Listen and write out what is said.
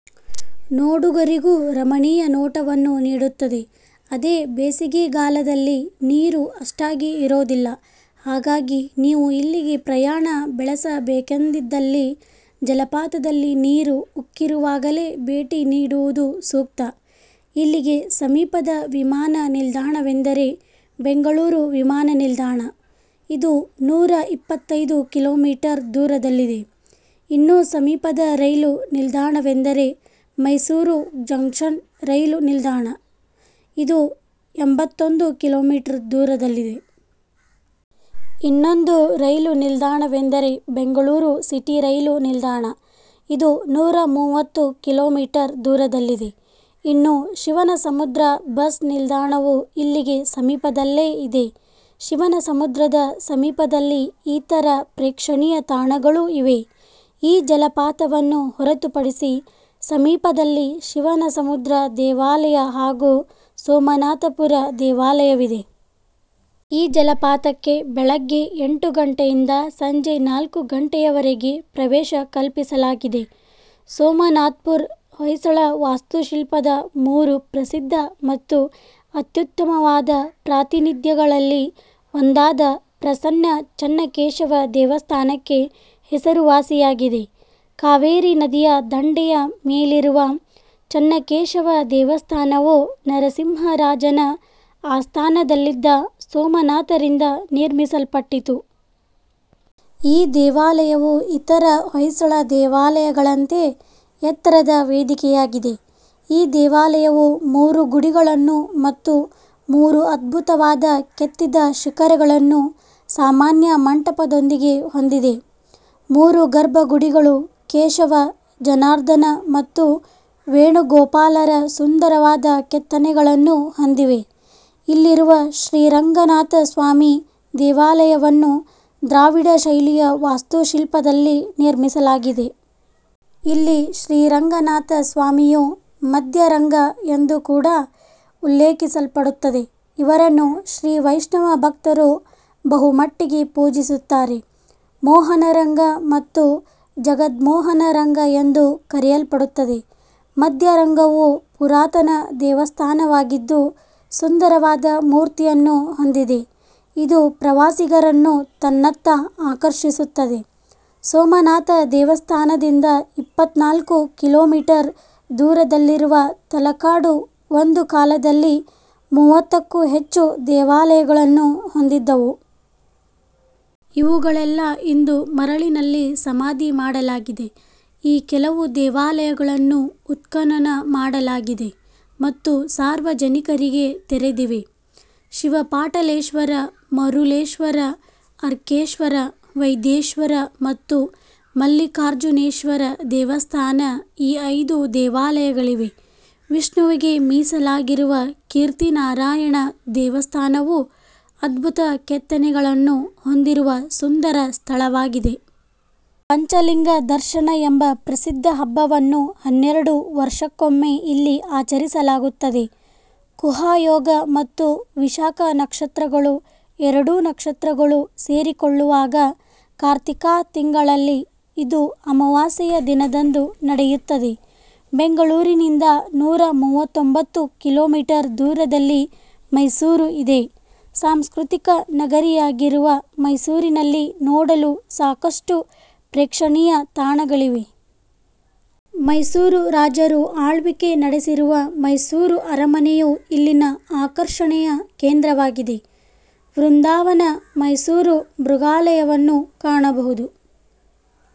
ನೋಡುಗರಿಗೂ ರಮಣೀಯ ನೋಟವನ್ನು ನೀಡುತ್ತದೆ. ಅದೇ ಬೇಸಿಗೆಗಾಲದಲ್ಲಿ ನೀರು ಅಷ್ಟಾಗಿ ಇರೋದಿಲ್ಲ. ಹಾಗಾಗಿ ನೀವು ಇಲ್ಲಿಗೆ ಪ್ರಯಾಣ ಬೆಳೆಸಬೇಕೆಂದಿದ್ದಲ್ಲಿ ಜಲಪಾತದಲ್ಲಿ ನೀರು ಉಕ್ಕಿರುವಾಗಲೇ ಭೇಟಿ ನೀಡುವುದು ಸೂಕ್ತ. ಇಲ್ಲಿಗೆ ಸಮೀಪದ ವಿಮಾನ ನಿಲ್ದಾಣವೆಂದರೆ ಬೆಂಗಳೂರು ವಿಮಾನ ನಿಲ್ದಾಣ. ಇದು ನೂರ ಎಪ್ಪತ್ತೈದು ಕಿಲೋಮೀಟರ್ ದೂರದಲ್ಲಿದೆ. ಇನ್ನು ಸಮೀಪದ ರೈಲು ನಿಲ್ದಾಣವೆಂದರೆ ಮೈಸೂರು ಜಂಕ್ಷನ್ ರೈಲು ನಿಲ್ದಾಣ ಇದು ಎಂಬತ್ತೊಂದು ಕಿಲೋಮೀಟರ್ ದೂರದಲ್ಲಿದೆ. ಇನ್ನೊಂದು ರೈಲು ನಿಲ್ದಾಣವೆಂದರೆ ಬೆಂಗಳೂರು ಸಿಟಿ ರೈಲು ನಿಲ್ದಾಣ ಇದು ನೂರ ಮೂವತ್ತು ಕಿಲೋಮೀಟರ್ ದೂರದಲ್ಲಿದೆ. ಇನ್ನು ಶಿವನಸಮುದ್ರ ಬಸ್ ನಿಲ್ದಾಣವು ಇಲ್ಲಿಗೆ ಸಮೀಪದಲ್ಲೇ ಇದೆ. ಶಿವನಸಮುದ್ರದ ಸಮೀಪದಲ್ಲಿ ಇತರ ಪ್ರೇಕ್ಷಣೀಯ ತಾಣಗಳೂ ಇವೆ. ಈ ಜಲಪಾತವನ್ನು ಹೊರತುಪಡಿಸಿ ಸಮೀಪದಲ್ಲಿ ಶಿವನಸಮುದ್ರ ದೇವಾಲಯ ಹಾಗೂ ಸೋಮನಾಥಪುರ ದೇವಾಲಯವಿದೆ. ಈ ಜಲಪಾತಕ್ಕೆ ಬೆಳಗ್ಗೆ ಎಂಟು ಗಂಟೆಯಿಂದ ಸಂಜೆ ನಾಲ್ಕು ಗಂಟೆಯವರೆಗೆ ಪ್ರವೇಶ ಕಲ್ಪಿಸಲಾಗಿದೆ. ಸೋಮನಾಥ್ಪುರ್ ಹೊಯ್ಸಳ ವಾಸ್ತುಶಿಲ್ಪದ ಮೂರು ಪ್ರಸಿದ್ಧ ಮತ್ತು ಅತ್ಯುತ್ತಮವಾದ ಪ್ರಾತಿನಿಧ್ಯಗಳಲ್ಲಿ ಒಂದಾದ ಪ್ರಸನ್ನ ಚೆನ್ನಕೇಶವ ದೇವಸ್ಥಾನಕ್ಕೆ ಹೆಸರುವಾಸಿಯಾಗಿದೆ. ಕಾವೇರಿ ನದಿಯ ದಂಡೆಯ ಮೇಲಿರುವ ಚೆನ್ನಕೇಶವ ದೇವಸ್ಥಾನವು ನರಸಿಂಹ ರಾಜನ ಆಸ್ಥಾನದಲ್ಲಿದ್ದ ಸೋಮನಾಥರಿಂದ ನಿರ್ಮಿಸಲ್ಪಟ್ಟಿತು. ಈ ದೇವಾಲಯವು ಇತರ ಹೊಯ್ಸಳ ದೇವಾಲಯಗಳಂತೆ ಎತ್ತರದ ವೇದಿಕೆಯಾಗಿದೆ. ಈ ದೇವಾಲಯವು ಮೂರು ಗುಡಿಗಳನ್ನು ಮತ್ತು ಮೂರು ಅದ್ಭುತವಾದ ಕೆತ್ತಿದ ಶಿಖರಗಳನ್ನು ಸಾಮಾನ್ಯ ಮಂಟಪದೊಂದಿಗೆ ಹೊಂದಿದೆ. ಮೂರು ಗರ್ಭಗುಡಿಗಳು ಕೇಶವ, ಜನಾರ್ಧನ ಮತ್ತು ವೇಣುಗೋಪಾಲರ ಸುಂದರವಾದ ಕೆತ್ತನೆಗಳನ್ನು ಹೊಂದಿವೆ. ಇಲ್ಲಿರುವ ಶ್ರೀ ರಂಗನಾಥಸ್ವಾಮಿ ದೇವಾಲಯವನ್ನು ದ್ರಾವಿಡ ಶೈಲಿಯ ವಾಸ್ತುಶಿಲ್ಪದಲ್ಲಿ ನಿರ್ಮಿಸಲಾಗಿದೆ. ಇಲ್ಲಿ ಶ್ರೀ ರಂಗನಾಥಸ್ವಾಮಿಯು "ಮಧ್ಯ ರಂಗ" ಎಂದು ಕೂಡ ಉಲ್ಲೇಖಿಸಲ್ಪಡುತ್ತದೆ. ಇವರನ್ನು ಶ್ರೀ ವೈಷ್ಣವ ಭಕ್ತರು ಬಹುಮಟ್ಟಿಗೆ ಪೂಜಿಸುತ್ತಾರೆ. ಮೋಹನ ರಂಗ ಮತ್ತು ಜಗದ್ಮೋಹನ ರಂಗ ಎಂದು ಕರೆಯಲ್ಪಡುತ್ತದೆ. ಮಧ್ಯ ರಂಗವು ಪುರಾತನ ದೇವಸ್ಥಾನವಾಗಿದ್ದು ಸುಂದರವಾದ ಮೂರ್ತಿಯನ್ನು ಹೊಂದಿದೆ. ಇದು ಪ್ರವಾಸಿಗರನ್ನು ತನ್ನತ್ತ ಆಕರ್ಷಿಸುತ್ತದೆ. ಸೋಮನಾಥ ದೇವಸ್ಥಾನದಿಂದ ಇಪ್ಪತ್ನಾಲ್ಕು ಕಿಲೋಮೀಟರ್ ದೂರದಲ್ಲಿರುವ ತಲಕಾಡು ಒಂದು ಕಾಲದಲ್ಲಿ ಮೂವತ್ತಕ್ಕೂ ಹೆಚ್ಚು ದೇವಾಲಯಗಳನ್ನು ಹೊಂದಿದ್ದವು. ಇವುಗಳೆಲ್ಲಾ ಇಂದು ಮರಳಿನಲ್ಲಿ ಸಮಾಧಿ ಮಾಡಲಾಗಿದೆ. ಈ ಕೆಲವು ದೇವಾಲಯಗಳನ್ನು ಉತ್ಖನನ ಮಾಡಲಾಗಿದೆ ಮತ್ತು ಸಾರ್ವಜನಿಕರಿಗೆ ತೆರೆದಿವೆ. ಶಿವ ಪಾಠಲೇಶ್ವರ, ಮರೂಲೆಶ್ವರ, ಅರ್ಕೇಶ್ವರ, ವೈದೇಶ್ವರ ಮತ್ತು ಮಲ್ಲಿಕಾರ್ಜುನೇಶ್ವರ ದೇವಸ್ಥಾನ ಈ ಐದು ದೇವಾಲಯಗಳಿವೆ. ವಿಷ್ಣುವಿಗೆ ಮೀಸಲಾಗಿರುವ ಕೀರ್ತಿನಾರಾಯಣ ದೇವಸ್ಥಾನವು ಅದ್ಭುತ ಕೆತ್ತನೆಗಳನ್ನು ಹೊಂದಿರುವ ಸುಂದರ ಸ್ಥಳವಾಗಿದೆ. ಪಂಚ ಲಿಂಗ ದರ್ಶನ ಎಂಬ ಪ್ರಸಿದ್ಧ ಹಬ್ಬವನ್ನು ಹನ್ನೆರಡು ವರ್ಷಕ್ಕೊಮ್ಮೆ ಇಲ್ಲಿ ಆಚರಿಸಲಾಗುತ್ತದೆ. ಖುಹಾ ಯೋಗ ಮತ್ತು ವಿಶಾಕ ನಕ್ಷತ್ರಗಳು ಎರಡು ನಕ್ಷತ್ರಗಳು ಸೇರಿಕೊಳ್ಳುವಾಗ ಕಾರ್ತಿಕಾ ತಿಂಗಳಲ್ಲಿ ಇದು ಅಮಾವಾಸ್ಯೆಯ ದಿನದಂದು ನಡೆಯುತ್ತದೆ. ಬೆಂಗಳೂರಿನಿಂದ ನೂರ ಮೂವತ್ತೊಂಬತ್ತು ಕಿಲೋಮೀಟರ್ ದೂರದಲ್ಲಿ ಮೈಸೂರು ಇದೆ. ಸಾಂಸ್ಖೃತಿಕ ನಗರಿಯಾಗಿರುವ ಮೈಸೂರಿನಲ್ಲಿ ನೋಡಲು ಸಾಕಷ್ಟು ಪ್ರೇಕ್ಷಣೀಯ ತಾಣಗಳಿವೆ. ಮೈಸೂರು ರಾಜರು ಆಳ್ವಿಕೆ ನಡೆಸಿರುವ ಮೈಸೂರು ಅರಮನೆಯು ಇಲ್ಲಿನ ಆಕರ್ಷಣೆಯ ಕೇಂದ್ರವಾಗಿದೆ. ವೃಂದಾವನ, ಮೈಸೂರು ಮೃಗಾಲಯವನ್ನು ಕಾಣಬಹುದು.